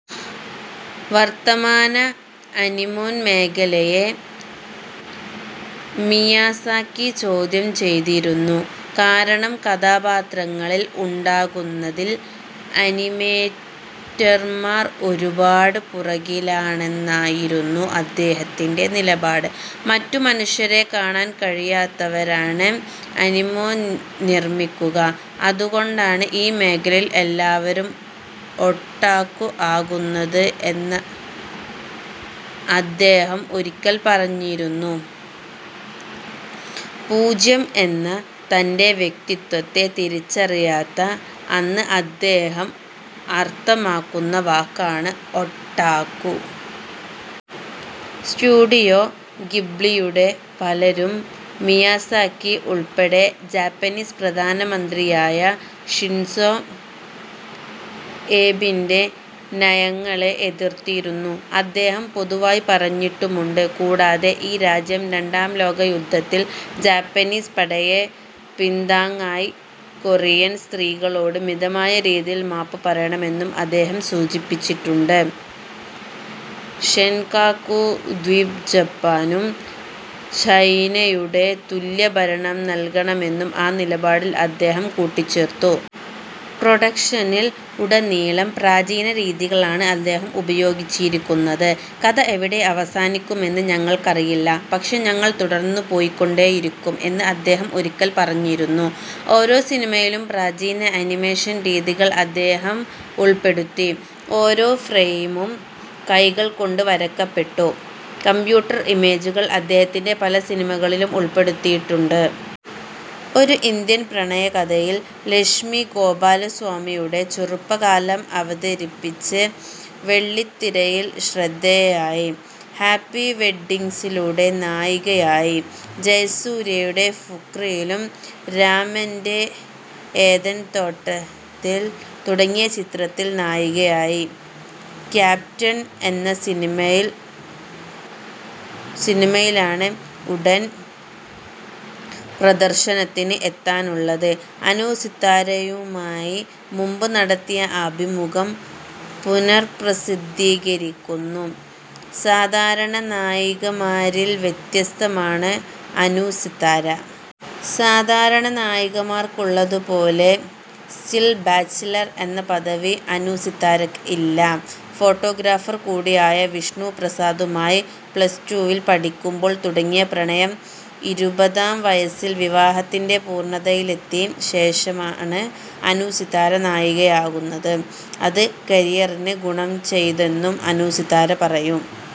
വർത്തമാന അനിമേൻ മേഖലയെ മിയാസാക്കി ചോദ്യം ചെയ്തിരുന്നു, കാരണം കഥാപാത്രങ്ങളിൽ ഉണ്ടാക്കുന്നതിൽ അനിമേറ്റർമാർ ഒരുപാട് പുറകിലാണെന്നായിരുന്നു അദ്ദേഹത്തിന്റെ നിലപാട്. മറ്റു മനുഷ്യരെ കാണാൻ കഴിയാത്തവരാണ് അനിമെ നിർമ്മിക്കുക, അതുകൊണ്ടാണ് ഈ മേഖലയിൽ എല്ലാവരും ഒട്ടാക്കു ആകുന്നത് എന്നദ്ദേഹം ഒരിക്കൽ പറഞ്ഞിരുന്നു. പൂജ്യം എന്ന, തന്റെ വ്യക്തിത്വത്തെ തിരിച്ചറിയാത്ത എന്ന് അദ്ദേഹം അർത്ഥമാക്കുന്ന വാക്കാണ് ഒട്ടാക്കു. സ്റ്റുഡിയോ ഗിബ്ലിയുടെ പലരും, മിയാസാക്കി ഉൾപ്പെടെ ജാപ്പനീസ് പ്രധാന മന്ത്രിയായ ഷിൻസോ ഏബിന്റെ നയങ്ങളെ എതിർത്തിരുന്നു. അതദ്ദേഹം പൊതുവായി പറഞ്ഞിട്ടുമുണ്ട്. കൂടാതെ ഈ രാജ്യം രണ്ടാം ലോകയുദ്ധത്തിൽ ജാപ്പനീസ് പടയെ പിൻതാങ്ങിയ കൊറിയൻ സ്ത്രീകളോട് മിതയായ രീതിയിൽ മാപ്പ് പറയണമെന്നും അദ്ദേഹം സൂചിപ്പിച്ചിട്ടുണ്ട്. ഷെൻകാക്കു ദ്വീബ് ജപ്പാനും, ചൈനയുടെ തുല്യ ഭരണം നൽകണമെന്നും ആ നിലപാടിൽ അദ്ദേഹം കൂട്ടിച്ചേർത്തു. പ്രൊഡക്ഷനിൽ ഉടനീളം പ്രാചീന രീതികളാണ് അദ്ദേഹം ഉപയോഗിച്ചിരുന്നത്, കഥ എവിടെ അവസാനിക്കുമെന്ന് ഞങ്ങൾക്കറിയില്ല, പക്ഷെ ഞങ്ങൾ തുടർന്ന് പോയിക്കൊണ്ടിരിക്കും എന്ന് അദ്ദേഹം ഒരിക്കൽ പറഞ്ഞിരുന്നു. ഓരോ സിനിമയിലും, പ്രാചീന അനിമേഷൻ രീതികൾ അദ്ദേഹം ഉൾപ്പെടുത്തി. ഓരോ ഫ്രെയിമും കൈകൾകൊണ്ട് വരക്കപ്പെട്ടു. കമ്പ്യൂട്ടർ ഇമേജുകൾ അദ്ദേത്തിന്റെ പല സിനിമകളിലും ഉൾപ്പെടുത്തിയിട്ടുണ്ട്. ഒരു ഇന്ത്യൻ പ്രണയകഥയിൽ ലക്ഷ്മി ഗോപാലസ്വാമിയുടെ ചെറുപ്പകാലം അവതരിപ്പിച്ച് വെള്ളിത്തിരയിൽ ശ്രദ്ധേയയായി. ഹാപ്പി വെഡ്ഡിംഗിലൂടെ നായികയായി. ജയസൂര്യയുടെ ഫുക്രിയിലും രാമന്റെ ഏദൻതോട്ടത്തിൽ തുടങ്ങിയ ചിത്രങ്ങളിൽ നായികയായി. ക്യാപ്റ്റൻ എന്ന സിനിമയാണ് ഉടൻ പ്രദർശനത്തിന് എത്താനുള്ളത്. അനുസിത്താരയുമായി മുമ്പ് നടത്തിയ അഭിമുഖം പുനഃപ്രസിദ്ധീകരിക്കുന്നു. സാധാരണ നായികമാരിൽ വ്യത്യസ്തയാണ് അനു സിത്താര. സാധാരണ നായികമാർക്കുള്ളതുപോലെ 'സ്റ്റിൽ ബാച്ചിലർ' എന്ന പദവി അനു സിത്താരയ്ക്ക് ഇല്ല. ഫോട്ടോഗ്രാഫർ കൂടിയായ വിഷ്ണുപ്രസാദുമായി പ്ലസ് ടു വിൽ പഠിക്കുമ്പോൾ തുടങ്ങിയ പ്രണയം ഇരുപതാം വയസ്സിൽ വിവാഹത്തിന്റെ പൂർണതയിലെത്തിയ ശേഷമാണ് അനു സിത്താര നായികയാകുന്നത്. അത് കരിയറിന് ഗുണം ചെയ്തെന്നും അനു സിത്താര പറയും.